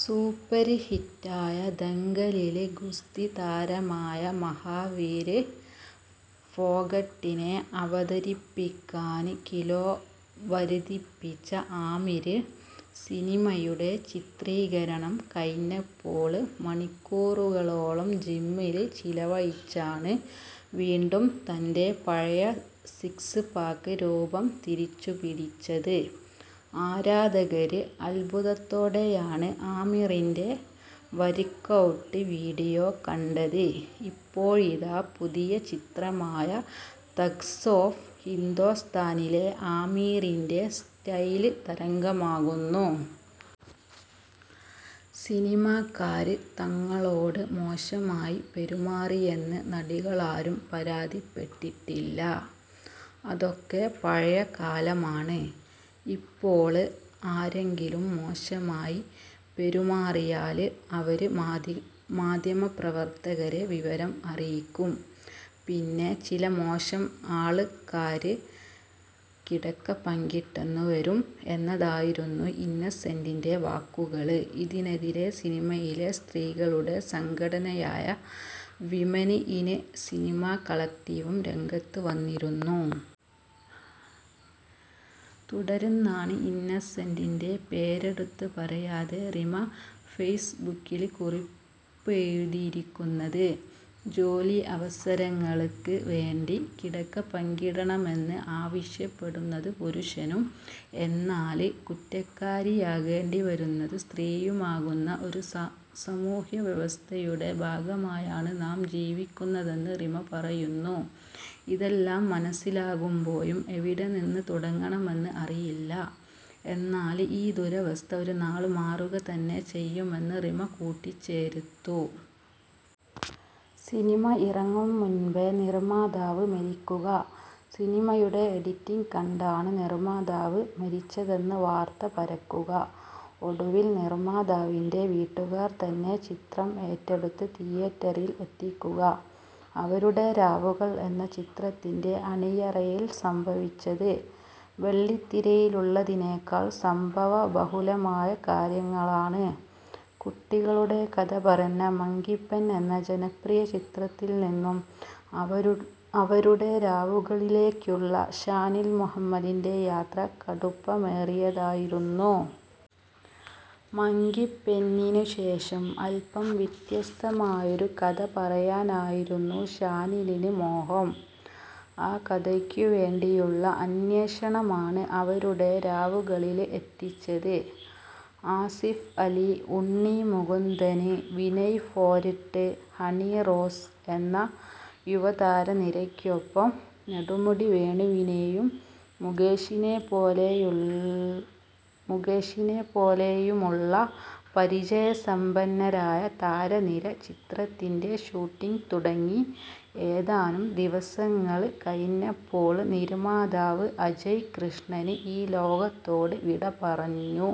Super ഹിറ്റായ ദംഗലില് ഗുസ്തിതാരമായ മഹാവീര് ഫോഗട്ടിനെ അവതരിപ്പിക്കാന് കിലോ വര്ധിപ്പിച്ച ആമിര് സിനിമയുടെ ചിത്രീകരണം കഴിഞ്ഞപ്പോള് മണിക്കൂറുകളോളം ജിമ്മില് ചിലവഴിച്ചാണ് വീണ്ടും തന്റെ പഴയ സിക്സ് പാക്ക് രൂപം തിരിച്ചുപിടിച്ചത്. ആരാധകര് അത്ഭുതത്തോടെയാണ് ആമിറിന്റെ വര്ക്കൗട്ട് വീഡിയോ കണ്ടത്. ഇപ്പോഴിതാ പുതിയ ചിത്രമായ തഗ്സ് ഓഫ് ഹിന്ദോസ്ഥാനിലെ ആമീറിന്റെ സ്റ്റൈല് തരംഗമാകുന്നു. സിനിമാക്കാര് തങ്ങളോട് മോശമായി പെരുമാറിയെന്ന് നടികളാരും പരാതിപ്പെട്ടിട്ടില്ല. അതൊക്കെ പഴയ കാലമാണ്. ഇപ്പോള് ആരെങ്കിലും മോശമായി പെരുമാറിയാല് അവര് മാധ്യമ പ്രവര്ത്തകരെ വിവരം അറിയിക്കും. പിന്നെ ചില മോശം ആള്ക്കാര് കിടക്ക പങ്കിട്ടെന്നു വരും എന്നതായിരുന്നു ഇന്നസെന്റിന്റെ വാക്കുകള്. ഇതിനെതിരെ സിനിമയിലെ സ്ത്രീകളുടെ സംഘടനയായ വിമെന് ഇന് സിനിമ കളക്ടീവും രംഗത്ത് വന്നിരുന്നു. തുടര്ന്നാണ് ഇന്നസെന്റിന്റെ പേരെടുത്ത് പറയാതെ റിമ ഫെയ്സ്ബുക്കില് കുറിപ്പെഴുതിയിരിക്കുന്നത്. ജോലി അവസരങ്ങള്ക്ക് വേണ്ടി കിടക്ക പങ്കിടണമെന്ന് ആവശ്യപ്പെടുന്നത് പുരുഷനും എന്നാല് കുറ്റക്കാരിയാകേണ്ടി വരുന്നത് സ്ത്രീയുമാകുന്ന ഒരു സമൂഹ്യ വ്യവസ്ഥയുടെ ഭാഗമായാണ് നാം ജീവിക്കുന്നതെന്ന് റിമ പറയുന്നു. ഇതെല്ലാം മനസ്സിലാകുമ്പോഴും എവിടെ നിന്ന് തുടങ്ങണമെന്ന് അറിയില്ല. എന്നാല് ഈ ദുരവസ്ഥ ഒരു നാള് മാറുക തന്നെ ചെയ്യുമെന്ന് റിമ കൂട്ടിച്ചേര്ത്തു. സിനിമ ഇറങ്ങും മുൻപേ നിർമാതാവ് മരിക്കുക. സിനിമയുടെ എഡിറ്റിങ് കണ്ടാണ് നിർമാതാവ് മരിച്ചതെന്ന് വാർത്ത പരക്കുക. ഒടുവിൽ നിർമാതാവിന്റെ വീട്ടുകാർ തന്നെ ചിത്രം ഏറ്റെടുത്ത് തിയേറ്ററിൽ എത്തിക്കുക. അവരുടെ രാവുകൾ എന്ന ചിത്രത്തിന്റെ അണിയറയിൽ സംഭവിച്ചത് വെള്ളിത്തിരയിലുള്ളതിനേക്കാൾ സംഭവബഹുലമായ കാര്യങ്ങളാണ്. കുട്ടികളുടെ കഥ പറഞ്ഞ മങ്കിപെൻ എന്ന ജനപ്രിയ ചിത്രത്തിൽ നിന്നും അവരുടെ രാവുകളിലേയ്ക്കുള്ള ഷാനിൽ മുഹമ്മദിന്റെ യാത്ര കടുപ്പമേറിയതായിരുന്നു. മങ്കിപെന്നിനുശേഷം അല്പം വ്യത്യസ്തമായൊരു കഥ പറയാനായിരുന്നു ഷാനിലിന് മോഹം. ആ കഥയ്ക്കു വേണ്ടിയുള്ള അന്വേഷണമാണ് അവരുടെ രാവുകളില് എത്തിച്ചത്. ആസിഫ് അലി, ഉണ്ണി മുകുന്ദന്, വിനയ് ഫോര്ട്ട്, ഹണി റോസ് എന്ന യുവതാരനിരയ്ക്കൊപ്പം നെടുമുടി വേണുവിനെയും മുകേഷിനെപ്പോലെയുമുള്ള പരിചയ സമ്പന്നരായ താരനിര. ചിത്രത്തിന്റെ ഷൂട്ടിങ് തുടങ്ങി ഏതാനും ദിവസങ്ങള് കഴിഞ്ഞപ്പോള് നിര്മാതാവ് അജയ് കൃഷ്ണന് ഈ ലോകത്തോട് വിടപറഞ്ഞു.